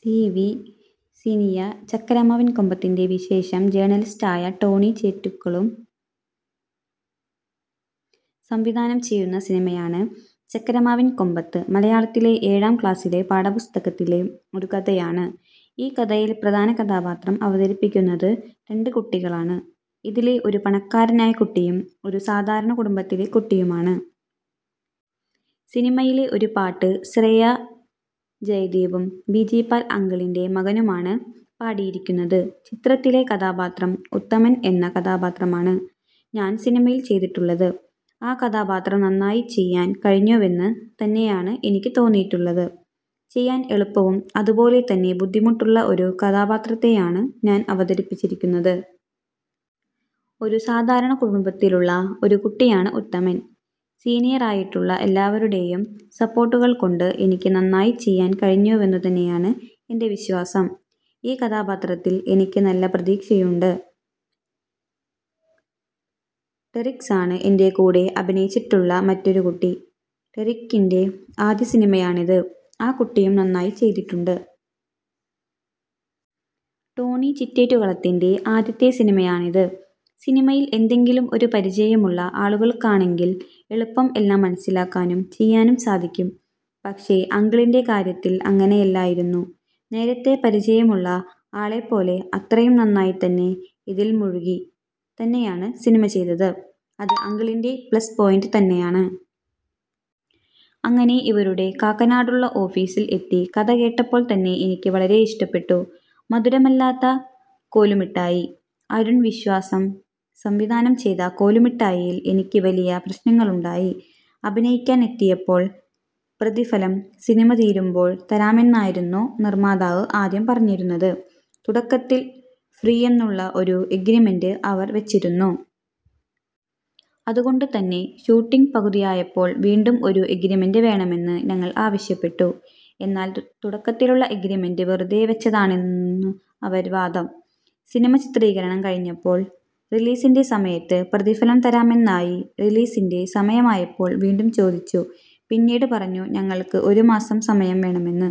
C. V Siniya ചക്കരമാവിൻ കൊമ്പത്തിൻറെ വിശേഷം ജേണലിസ്റ്റായ ടോണി ചിറ്റേറ്റുകളം സംവിധാനം ചെയ്യുന്ന സിനിമയാണ് ചക്കരമാവിൻ കൊമ്പത്ത്. മലയാളത്തിലെ ഏഴാം ക്ലാസിലെ പാഠപുസ്തകത്തിലെ ഒരു കഥയാണ്. ഈ കഥയിൽ പ്രധാന കഥാപാത്രം അവതരിപ്പിക്കുന്നത് രണ്ട് കുട്ടികളാണ്. ഇതിലെ ഒരു പണക്കാരനായ കുട്ടിയും ഒരു സാധാരണ കുടുംബത്തിലെ കുട്ടിയുമാണ്. സിനിമയിലെ ഒരു പാട്ട് ശ്രേയ ജയദീപും ബിജിപാൽ അങ്കിളിൻറെ മകനുമാണ് പാടിയിരിക്കുന്നത്. ചിത്രത്തിലെ കഥാപാത്രം ഉത്തമൻ എന്ന കഥാപാത്രമാണ് ഞാൻ സിനിമയിൽ ചെയ്തിട്ടുള്ളത്. ആ കഥാപാത്രം നന്നായി ചെയ്യാൻ കഴിഞ്ഞുവെന്ന് തന്നെയാണ് എനിക്ക് തോന്നിയിട്ടുള്ളത്. ചെയ്യാൻ എളുപ്പവും അതുപോലെ തന്നെ ബുദ്ധിമുട്ടുള്ള ഒരു കഥാപാത്രത്തെയാണ് ഞാൻ അവതരിപ്പിച്ചിരിക്കുന്നത്. ഒരു സാധാരണകുടുംബത്തിലുള്ള ഒരു കുട്ടിയാണ് ഉത്തമൻ. സിനീയറായിട്ടുള്ള എല്ലാവരുടെയും സപ്പോർട്ടുകൾകൊണ്ട് എനിക്ക് നന്നായി ചെയ്യാൻ കഴിഞ്ഞുവെന്നു തന്നെയാണ് എൻറെ വിശ്വാസം. ഈ കഥാപാത്രത്തിൽ എനിക്ക് നല്ല പ്രതീക്ഷയും ഉണ്ട്. ഡെറിക്സാണ് എൻറെ കൂടെ അഭിനയിച്ചിട്ടുള്ള മറ്റൊരു കുട്ടി. ഡെറിക്കിൻറെ ആദ്യ സിനിമയാണിത്. ആ കുട്ടിയും നന്നായി ചെയ്തിട്ടുണ്ട്. ടോണി ചിറ്റേട്ടുകളത്തിൻറെ ആദ്യത്തെ സിനിമയാണിത്. സിനിമയിൽ എന്തെങ്കിലും ഒരു പരിചയമുള്ള ആളുകൾക്കാണെങ്കിൽ എളുപ്പം എല്ലാം മനസ്സിലാക്കാനും ചെയ്യാനും സാധിക്കും. പക്ഷേ അങ്കിളിൻറെ കാര്യത്തിൽ അങ്ങനെയല്ലായിരുന്നു. നേരത്തെ പരിചയമുള്ള ആളെ പോലെ അത്രയും നന്നായി തന്നെ ഇതിൽ മുഴുകി തന്നെയാണ് സിനിമ ചെയ്തത്. അത് അങ്കിളിൻറെ പ്ലസ് പോയിൻറെ തന്നെയാണ്. അങ്ങനെ ഇവരുടെ കാക്കനാടുള്ള ഓഫീസിൽ എത്തി. കഥ കേട്ടപ്പോൾ തന്നെ എനിക്ക് വളരെ ഇഷ്ടപ്പെട്ടു. മധുരമല്ലാത്ത കോലുമിഠായി അരുൺ വിശ്വാസം സംവിധാനം ചെയ്ത കോലുമിഠായിൽ എനിക്ക് വലിയ പ്രശ്നങ്ങളുണ്ടായി. അഭിനയിക്കാൻ എത്തിയപ്പോൾ പ്രതിഫലം സിനിമ തീരുമ്പോൾ തരാമെന്നായിരുന്നു നിർമാതാവ് ആദ്യം പറഞ്ഞിരുന്നത്. തുടക്കത്തിൽ ഫ്രീ എന്നുള്ള ഒരു എഗ്രിമെൻറ് അവർ വച്ചിരുന്നു. അതുകൊണ്ട് തന്നെ ഷൂട്ടിംഗ് പകുതിയായപ്പോൾ വീണ്ടും ഒരു എഗ്രിമെൻറ് വേണമെന്ന് ഞങ്ങൾ ആവശ്യപ്പെട്ടു. എന്നാൽ തുടക്കത്തിലുള്ള എഗ്രിമെൻറ് വെറുതെ വച്ചതാനെന്നു അവർ വാദം. സിനിമ ചിത്രീകരണം കഴിഞ്ഞപ്പോൾ റിലീസിൻറെ സമയത്ത് പ്രതിഫലം തരാമെന്നായി. റിലീസിൻറെ സമയമായപ്പോൾ വീണ്ടും ചോദിച്ചു. പിന്നീട് പറഞ്ഞു ഞങ്ങൾക്ക് ഒരുമാസം സമയം വേണമെന്ന്.